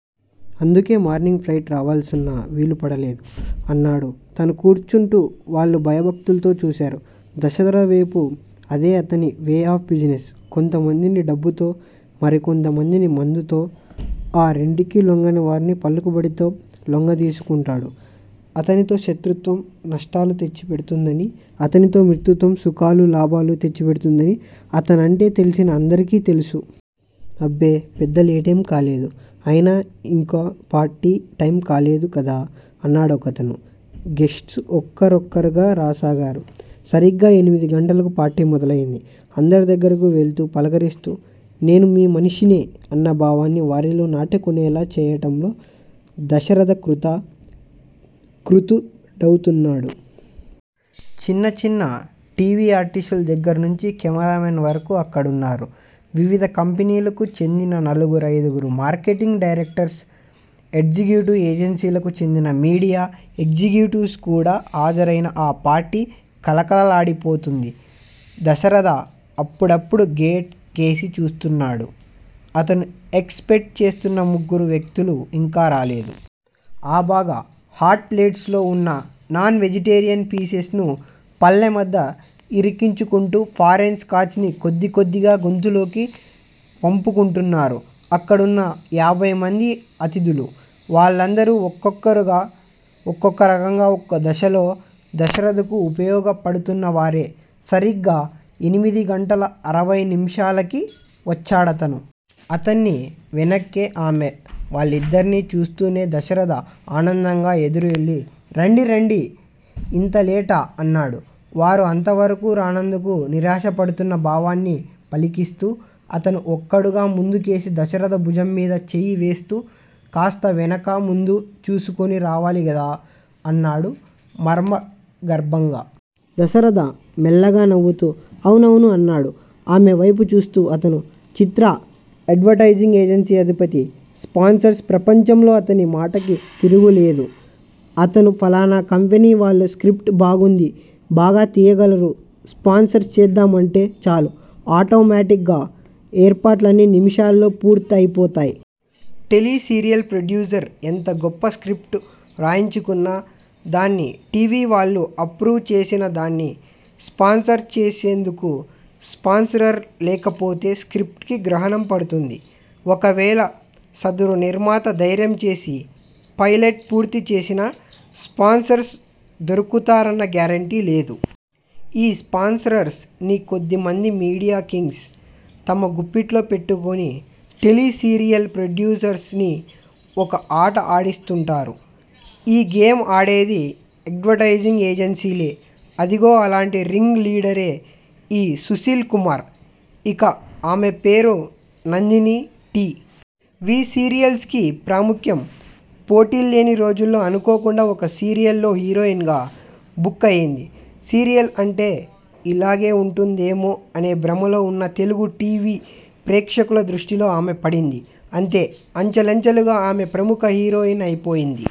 అందుకే morning flight రావాల్సున్నా వీలుపడలేదు అన్నాడు తనూ కూర్చుంటూ. వాళ్ళు భయభక్తులతో చూసారు దశరథవేపు. అదే అతని వే ఆఫ్ బిజినెస్. కొంతమందిని డబ్బుతో మరికొంతమందిని మందుతో, ఆ రెంటికి లొంగని వారిని పలుకుబడితో లొంగదీసుకుంటాడు. అతనితో శత్రుత్వం నష్టాలు తెచ్చి పెడుతుందని అతనితో మిత్రత్వం సుఖాలు, లాభాలు తచ్చి పెడుతుందని అతనంటే తెల్సిన అందరికీ తెలుసు. అబ్బే పెద్ద లేటేం కాలేదు. అయినా ఇంకా పార్టీ టైమ్ కాలేదు గదా? అన్నాడొకతను. గేస్ట్స్ ఒక్కొక్కరే రాసాగారు. సరిగ్గా ఎనిమిది గంటలకు పార్టీ మొదలయింది. అందరి దగ్గరకు వెళ్తూ, పలకరిస్తూ నేను మీ మనిషినే అన్న భావాన్ని వారిలో నాటుకొనేలా చేయటంలో దశరథ కృత కృత్యుడవుతున్నాడు. చిన్న చిన్న టీ. వీ ఆర్టిస్టుల దగ్గర్నుంచి కెమేరామెన్ వరకు అక్కడున్నారు. వివిధ కంపెనీలకు చెందిననలుగురైదుగురు మార్కెటింగ్ డైరెక్టర్స్, ఎడ్వటైజింగ్ ఏజెన్సీలకు చెందిన మీడియా ఎగ్జిక్యూటివ్స్ కూడా హాజరయిన ఆ పార్టీ కళకళలాడిపోతోంది. దశరథ అప్పుడప్పుడు గేట్ కేసి చూస్తున్నాడు. అతను ఎక్స్ పెక్ట్ చేస్తున్నా ముగ్గురు వ్యక్తులూ ఇంకా రాలేదు. ఆబగా హాట్ ప్లేట్స్ లో ఉన్న నాన్ వెజిటేరియన్ పీసెస్ ను పళ్ళ మధ్య ఇరికించుకుంటూ ఫారెన్ స్కాచ్ ని కొద్దికొద్దిగా గొంతులోకి వంపుకుంటున్నారు అక్కడున్న యాభైమంది అతిధులు. వాళ్ళందరూ ఒక్కొక్కరు ఒక్కోరకంగా ఒక్కో దశలో దశరథకు ఉపయోగపడుతున్నవారే. సరిగ్గా ఎనమిది గంటల ఇరవై నిముషాలు కి వచ్చాడతను. అతని వెనుకే ఆమె వాళ్ళిద్దర్ని చూస్తూనే దశరథ ఆనందంగా ఎదురెళ్ళి రండి రండి ఇంత లేటా? అన్నాడు. వారు అంతవరకు రానందుకు నిరాశపడుతున్న భావాన్ని పలికిస్తూ. అతను ఒకడుగు ముందుకేసి దశరథ భుజం మీద చేయి వేస్తూ కాస్త వెనుకా ముందు చూసుకొని రావాలిగదా? అన్నాడు మర్మగర్భంగా. దశరథ మెల్లగా నవ్వుతూ అవునవును అన్నాడు ఆమె వేపు చూస్తూ. అతను 'చిత్రా' ఎడ్వటైజింగ్ ఏజెన్సీ అధిపతి, స్పాన్సరర్స్ ప్రపంచంలో అతని మాటకి తిరుగులేదు. అతను ఫలానా కంపెనీ వాళ్ళ స్క్రిప్ట్ బాగుంది. బాగా తీయగలరు- స్పాన్సర్ చేద్దాం అంటే చాలు ఆటోమాటిగ్గా ఏర్పాట్లన్నీ నిమిషాల్లో పూర్తయి పోతాయి. టెలీ సీరియల్ ప్రొడ్యూసర్ ఎంత గొప్ప స్క్రిప్ట్ వ్రాయించుకున్నా దాన్ని టి. వి వాళ్ళు అప్రూవ్ చేసినా దాన్ని స్పాన్సర్ చేసేందుకు స్పాన్సరర్ లేకపోతే స్క్రిప్ట్ కి గ్రహణం పడుతుంది. ఒకవేళ సదరు నిర్మాత ధైర్యంచేసి 'పైలట్' పూర్తి చేసినా స్పాన్సరర్స్ దొరుకుతారన్న గ్యారంటీ లేదు. ఈ స్పాన్సరర్స్ ని కొద్దిమంది మీడియా కింగ్స్ తమ గుప్పిట్లో పెట్టుకొని టెలీ సీరియల్ ప్రొడ్యుసర్స్ ని ఒక ఆట ఆడిస్తూంటారు. ఈ గేమ్ ఆడేది ఎడ్వర్టైజింగ్ ఏజెన్సీలే. అదిగో అలాంటి రింగ్ లీడరే ఈ సుశీల్ కుమార్. ఇక ఆమె పేరు నందిని. టీ. వీ సీరియల్స్ కి ప్రాముఖ్యం పోటీలేని రోజుల్లో అనుకోకుండా ఒక సీరియల్ లో హీరోయిన్ గా బుక్ అయింది. సీరియల్ అంటే ఇలాగే ఉంటుందేమో అనే భ్రమలో ఉన్న తెలుగు టీ. వీ ప్రేక్షకులదృష్టిలో ఆమె పడింది. అంతే అంచెలంచేలుగా ఆమె ప్రముఖ హీరోయిన్ అయిపోయింది।